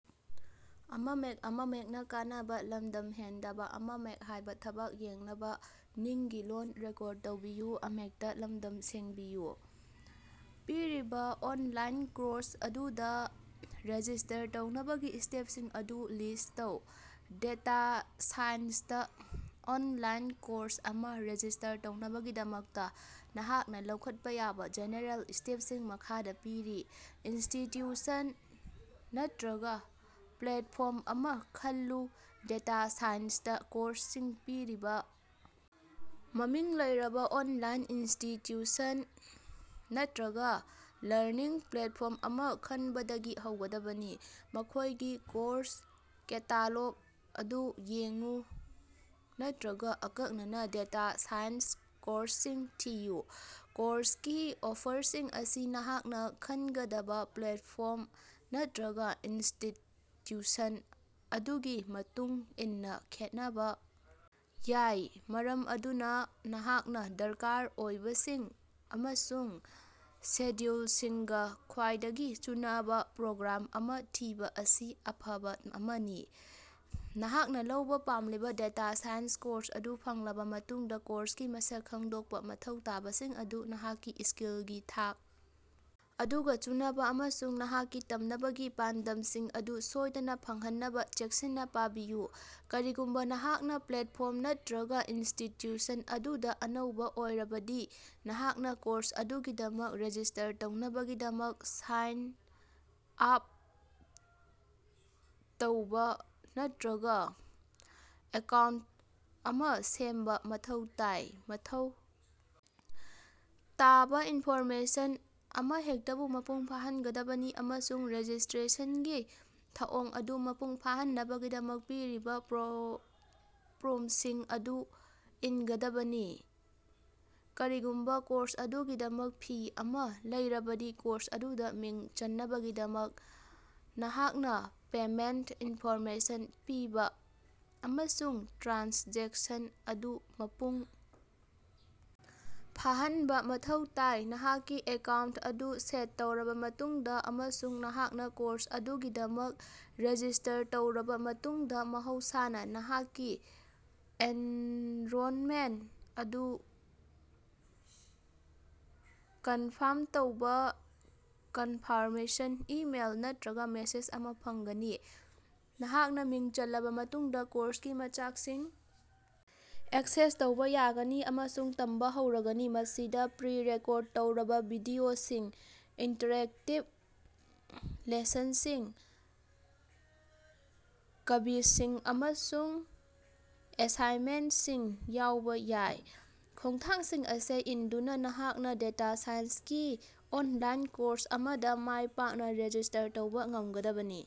ꯄꯤꯔꯤꯕꯥ online course ꯑꯗꯨꯗꯥ register ꯇꯧꯅꯕꯒꯤ ꯁ꯭ꯇꯦꯞꯁꯤꯡ ꯑꯗꯨ ꯂꯤꯁ꯭ꯠ ꯇꯧ꯫ ꯗꯦꯇꯥ ꯁꯥꯏꯟꯁꯇꯥ ꯑꯣꯅꯂꯥꯏꯟ ꯀꯣꯔꯁ ꯑꯃꯥ ꯔꯦꯖꯤꯁ꯭ꯇꯔ ꯇꯧꯅꯕꯒꯤꯗꯃꯛꯇꯥ ꯅꯍꯥꯛꯅꯥ ꯂꯧꯈꯠꯄꯥ ꯌꯥꯕꯥ ꯖꯦꯅꯦꯔꯦꯜ ꯁ꯭ꯇꯦꯞꯁꯤꯡ ꯃꯈꯥꯗꯥ ꯄꯤꯔꯤ꯫ ꯏꯟꯁꯇꯤꯠꯌꯨꯁꯟ ꯅꯠꯇ꯭ꯔꯒꯥ ꯄ꯭ꯂꯦꯇꯐꯣꯔꯝ ꯑꯃꯥ ꯈꯜꯂꯨ ꯗꯦꯇꯥ ꯁꯥꯏꯟꯁꯇꯥ ꯀꯣꯔꯁꯁꯤꯡ ꯄꯤꯔꯤꯕꯥ ꯃꯃꯤꯡ ꯂꯩꯔꯕꯥ ꯑꯣꯅꯂꯥꯏꯟ ꯏꯟꯁꯇꯤꯠꯌꯨꯁꯟ ꯅꯠꯇ꯭ꯔꯒꯥ ꯂꯔꯅꯤꯡ ꯄ꯭ꯂꯦꯇꯐꯣꯔꯝ ꯑꯃꯥ ꯈꯟꯕꯗꯒꯤ ꯍꯧꯒꯗꯕꯅꯤ꯫ ꯃꯈꯣꯏꯒꯤ ꯀꯣꯔꯁ ꯀꯦꯇꯥꯂꯣꯒ ꯑꯗꯨ ꯌꯦꯡꯎ ꯅꯠꯇ꯭ꯔꯒ ꯑꯀꯛꯅꯅꯥ ꯗꯦꯇꯥ ꯁꯥꯏꯟꯁ ꯀꯣꯔꯁꯁꯤꯡ ꯊꯤꯌꯨ꯫ ꯀꯣꯔꯁꯀꯤ ꯑꯣꯐꯔꯁꯤꯡ ꯑꯁꯤ ꯅꯍꯥꯛꯅꯥ ꯈꯟꯒꯗꯕꯥ ꯄ꯭ꯂꯦꯠꯐꯣꯔꯝ ꯅꯠꯇ꯭ꯔꯒꯥ ꯏꯟꯁꯇꯤꯠꯌꯨꯁꯟ ꯑꯗꯨꯒꯤ ꯃꯇꯨꯡ ꯏꯟꯅꯥ ꯈꯦꯠꯅꯕꯥ ꯌꯥꯏ, ꯃꯔꯝ ꯑꯗꯨꯅꯥ ꯅꯍꯥꯛꯅ ꯗꯔꯀꯥꯔ ꯑꯣꯏꯕꯁꯤꯡ ꯑꯃꯁꯨꯡ ꯁꯦꯗ꯭ꯌꯨꯂꯁꯤꯡꯒꯥ ꯈ꯭ꯋꯥꯏꯗꯒꯤ ꯆꯨꯅꯕꯥ ꯄ꯭ꯔꯣꯒ꯭ꯔꯥꯝ ꯑꯃꯥ ꯊꯤꯕꯥ ꯑꯁꯤ ꯑꯐꯕꯥ ꯑꯃꯅꯤ꯫ꯅꯍꯥꯛꯅꯥ ꯂꯧꯕꯥ ꯄꯥꯝꯂꯤꯕꯥ ꯗꯦꯇꯥ ꯁꯥꯏꯟꯁ ꯀꯣꯔꯁ ꯑꯗꯨ ꯐꯪꯂꯕꯥ ꯃꯇꯨꯡꯗꯥ, ꯀꯣꯔꯁꯀꯤ ꯃꯁꯛ ꯈꯪꯗꯣꯛꯄꯥ, ꯃꯊꯧ ꯇꯥꯕꯁꯤꯡ ꯑꯗꯨ ꯅꯍꯥꯛꯀꯤ ꯁ꯭ꯀꯤꯜꯒꯤ ꯊꯥꯛ ꯑꯗꯨꯒꯥ ꯆꯨꯅꯕꯥ ꯑꯃꯁꯨꯡ ꯅꯍꯥꯛꯀꯤ ꯇꯝꯅꯕꯒꯤ ꯄꯥꯟꯗꯝꯁꯤꯡ ꯑꯗꯨ ꯁꯣꯏꯗꯅꯥ ꯐꯪꯍꯟꯅꯕꯥ ꯆꯦꯛꯁꯤꯟꯅꯥ ꯄꯥꯕꯤꯌꯨ꯫ ꯀꯔꯤꯒꯨꯝꯕꯥ ꯅꯍꯥꯛꯅꯥ ꯄ꯭ꯂꯦꯇꯐꯣꯔꯝ ꯅꯠꯇ꯭ꯔꯒꯥ ꯏꯟꯁꯇꯤꯠꯌꯨꯁꯟ ꯑꯗꯨꯗꯥ ꯑꯅꯧꯕꯥ ꯑꯣꯏꯔꯕꯗꯤ, ꯅꯍꯥꯛꯅꯥ ꯀꯣꯔꯁ ꯑꯗꯨꯒꯤꯗꯃꯛ ꯔꯦꯖꯤꯁ꯭ꯇꯔ ꯇꯧꯅꯕꯒꯤꯗꯃꯛ ꯁꯥꯏꯟ ꯑꯥꯞ ꯇꯧꯕ ꯅꯠꯇ꯭ꯔꯒꯥ ꯑꯦꯀꯥꯎꯟꯇ ꯑꯃꯥ ꯁꯦꯝꯕ ꯃꯊꯧ ꯇꯥꯏ꯫ꯃꯊꯧ ꯇꯥꯕꯥ ꯏꯟꯐꯣꯔꯃꯦꯁꯟ ꯑꯃꯍꯦꯛꯇꯕꯨ ꯃꯄꯨꯡ ꯐꯥꯍꯟꯒꯗꯕꯅꯤ ꯑꯃꯁꯨꯡ ꯔꯦꯖꯤꯁ꯭ꯇꯔꯦꯁꯟꯒꯤ ꯊꯧꯑꯣꯡ ꯑꯗꯨ ꯃꯄꯨꯡ ꯐꯥꯍꯟꯅꯕꯒꯤꯗꯃꯛ ꯄꯤꯔꯤꯕꯥ ꯄ꯭ꯔꯣꯝꯁꯤꯡ ꯑꯗꯨ ꯏꯟꯒꯗꯕꯅꯤ꯫ ꯀꯔꯤꯒꯨꯝꯕꯥ ꯀꯣꯔꯁ ꯑꯗꯨꯒꯤꯗꯃꯛ ꯐꯤ ꯑꯃꯥ ꯂꯩꯔꯕꯗꯤ, ꯀꯣꯔꯁ ꯑꯗꯨꯗꯥ ꯃꯤꯡ ꯆꯜꯅꯕꯒꯤꯗꯃꯛ ꯅꯍꯥꯛꯅꯥ ꯄꯦꯃꯦꯟꯇ ꯏꯟꯐꯣꯔꯃꯦꯁꯟ ꯄꯤꯕꯥ ꯑꯃꯁꯨꯡ ꯇ꯭ꯔꯥꯟꯖꯦꯛꯁꯟ ꯑꯗꯨ ꯃꯄꯨꯡ ꯐꯥꯍꯟꯕꯥ ꯃꯊꯧ ꯇꯥꯏ꯫ ꯅꯍꯥꯛꯀꯤ ꯑꯦꯀꯥꯎꯟꯇ ꯑꯗꯨ ꯁꯦꯠ ꯇꯧꯔꯕꯥ ꯃꯇꯨꯡꯗꯥ ꯑꯃꯁꯨꯡ ꯅꯍꯥꯛꯅꯥ ꯀꯣꯔꯁ ꯑꯗꯨꯒꯤꯗꯃꯛ ꯔꯦꯖꯤꯁ꯭ꯇꯔ ꯇꯧꯔꯕꯥ ꯃꯇꯨꯡꯗꯥ, ꯃꯍꯧꯁꯥꯅꯥ ꯅꯍꯥꯛꯀꯤ ꯑꯦꯟꯔꯣꯝꯃꯦꯟꯠ ꯑꯗꯨ ꯀꯟꯐꯥꯔꯝ ꯇꯧꯕ ꯀꯟꯐꯥꯔꯃꯦꯁꯟ ꯏꯃꯦꯜ ꯅꯠꯇ꯭ꯔꯒꯥ ꯃꯦꯁꯦꯖ ꯑꯃꯥ ꯐꯪꯒꯅꯤ꯫ꯅꯍꯥꯛꯅꯥ ꯃꯤꯡ ꯆꯜꯂꯕꯥ ꯃꯇꯨꯡꯗꯥ ꯀꯣꯔꯁꯀꯤ ꯃꯆꯥꯛꯁꯤꯡ ꯑꯦꯛꯁꯦꯁ ꯇꯧꯕ ꯌꯥꯒꯅꯤ ꯑꯃꯁꯨꯡ ꯇꯝꯕ ꯍꯧꯔꯒꯅꯤ꯫ ꯃꯁꯤꯗꯥ ꯄ꯭ꯔꯤ ꯔꯦꯀꯣꯔꯠ ꯇꯧꯔꯕꯥ ꯚꯤꯗꯤꯑꯣꯁꯤꯡ, ꯏꯟꯇꯔꯦꯛꯇꯤꯛ ꯂꯦꯁꯟꯁꯤꯡ, ꯀ꯭ꯕꯤꯖꯁꯤꯡ ꯑꯃꯁꯨꯡ ꯑꯦꯁꯥꯏꯃꯦꯟꯠꯁꯤꯡ ꯌꯥꯎꯕ ꯌꯥꯏ꯫ ꯈꯣꯡꯊꯥꯡꯁꯤꯡ ꯑꯁꯤ ꯏꯟꯗꯨꯅꯥ, ꯅꯍꯥꯛꯅꯥ ꯗꯦꯇꯥ ꯁꯥꯏꯟꯁꯀꯤ ꯑꯣꯅꯂꯥꯏꯟ ꯀꯣꯔꯁ ꯑꯃꯗꯥ ꯃꯥꯏꯄꯥꯛꯅꯥ ꯔꯦꯖꯤꯁ꯭ꯇꯔ ꯇꯧꯕꯥ ꯉꯝꯒꯗꯕꯅꯤ꯫